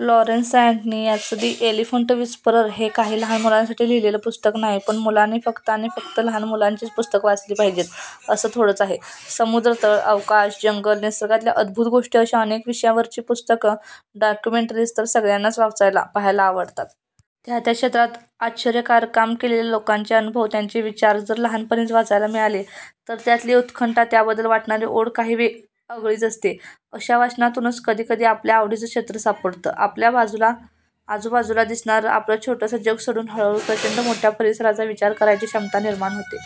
Lawrence Anthony यांचं 'the elephant whisperer' हे काही लहान मुलांसाठी लिहिलेलं पुस्तक नाही. पण मुलांनी, फक्त आणि फक्त लहान मुलांचीच पुस्तकं वाचली पाहिजेत असं थोडंच आहे? समुद्रतळ, अवकाश, जंगलं, निसर्गातल्या अद्भुत गोष्टी अशा अनेक विषयांवरची पुस्तकं, डॉक्युमेंटरीज् तर सगळ्यांनाच वाचायला, पाहायला आवडतात. त्या त्या क्षेत्रात आश्चर्यकारक काम केलेल्या लोकांचे अनुभव, त्यांचे विचार जर लहानपणीच वाचायला मिळाले, तर त्यातली उत्कंठा, त्याबद्दल वाटणारी ओढ काही आगळीच असते. अशा वाचनातूनच कधीकधी आपल्या आवडीचं क्षेत्र सापडतं. आपल्या आजूबाजूला दिसणारं आपलं छोटंसं जग सोडून हळूहळू प्रचंड मोठ्या परिसराचा विचार करायची क्षमता निर्माण होते.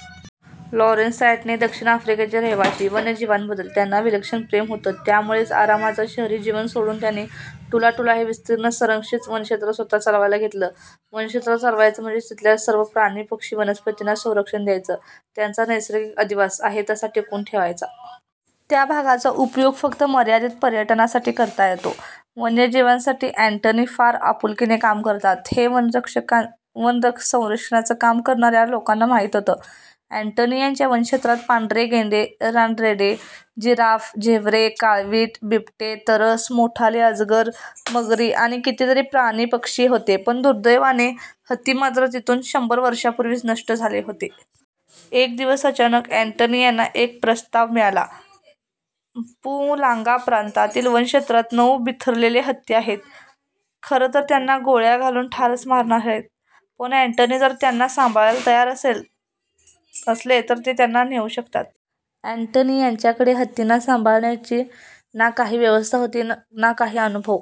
लॉरेन्स अँटनी हे दक्षिण आफ्रिकेचे रहिवासी. वन्यजीवांबद्दल त्यांना विलक्षण प्रेम होतं. त्यामुळेच आरामाचं शहरी जीवन सोडून त्यांनी 'टूला टूला' हे विस्तीर्ण संरक्षित वनक्षेत्र स्वतः चालवायला घेतलं. वनक्षेत्र चालवायचं म्हणजे तिथल्या सर्व प्राणी, पक्षी, वनस्पतींना संरक्षण द्यायचं, त्यांचा नैसर्गिक अधिवास, आहे तसा टिकवून ठेवायचा. त्या भागाचा उपयोग फक्त मर्यादित पर्यटनासाठी करता येतो. वन्यजीवांसाठी अँटनी फार आपुलकीने काम करतात, हे वनसंरक्षणाचं काम करणाऱ्या लोकांना माहीत होतं. अँटनी यांच्या वनक्षेत्रात पांढरे गेंडे, रानरेडे, जिराफ, झेब्रे, काळवीट, बिबटे, तरस, मोठाले अजगर, मगरी, आणि कितीतरी प्राणी-पक्षी होते, पण दुर्दैवाने हत्ती मात्र तिथून शंभर वर्षांपूर्वीच नष्ट झाले होते. एक दिवस अचानक अँटनी यांना एक प्रस्ताव मिळाला – म्पुमालांगा प्रांतातील वनक्षेत्रात नऊ बिथरलेले हत्ती आहेत, खरं तर त्यांना गोळ्या घालून ठारच मारणार आहेत, पण अँटनी जर त्यांना सांभाळायला तयार असले, तर ते त्यांना नेऊ शकतात! अँटनी यांच्याकडे हत्तींना सांभाळण्याची ना काही व्यवस्था होती, ना काही अनुभव.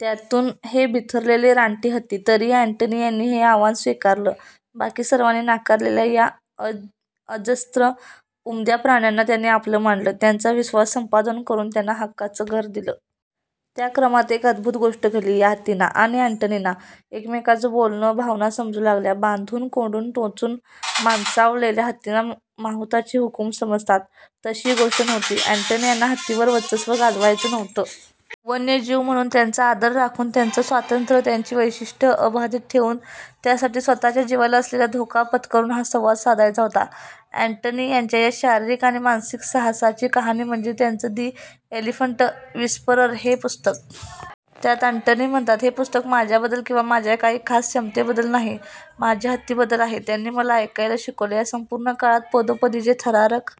त्यातून हे बिथरलेले रानटी हत्ती! तरीही अँटनी यांनी हे आव्हान स्वीकारलं. बाकी सर्वांनी नाकारलेल्या या अजस्र, उमद्या प्राण्यांना त्यांनी आपलं मानलं. त्यांचा विश्वास संपादन करून त्यांना हक्काचं घर दिलं. त्या क्रमात एक अद्भुत गोष्ट घडली. या हत्तींना आणि अँटनींना एकमेकांचं बोलणं, भावना समजू लागल्या. बांधून, कोंडून, टोचून 'माणसाळवलेल्या' हत्तींना माहूताचे हुकूम समजतात, तशी ही गोष्ट नव्हती. अँटनी यांना हत्तींवर वर्चस्व गाजवायचं नव्हतं. वन्यजीव म्हणून त्यांचा आदर राखून, त्यांचं स्वातंत्र्य, त्यांची वैशिष्ट्यं अबाधित ठेवून, त्यासाठी स्वतःच्या जिवाला असलेला धोका पत्करून हा संवाद साधायचा होता. अँटनी यांच्या या शारीरिक आणि मानसिक साहसाची कहाणी म्हणजे त्यांचं 'दि एलिफंट विस्परर' हे पुस्तक. त्यात अँटनी म्हणतात हे पुस्तक माझ्याबद्दल, किंवा माझ्या काही खास क्षमतेबद्दल नाही, माझ्या हत्तींबद्दल आहे. त्यांनी मला 'ऐकायला' शिकवलं. या संपूर्ण काळात पदोपदी जे थरारक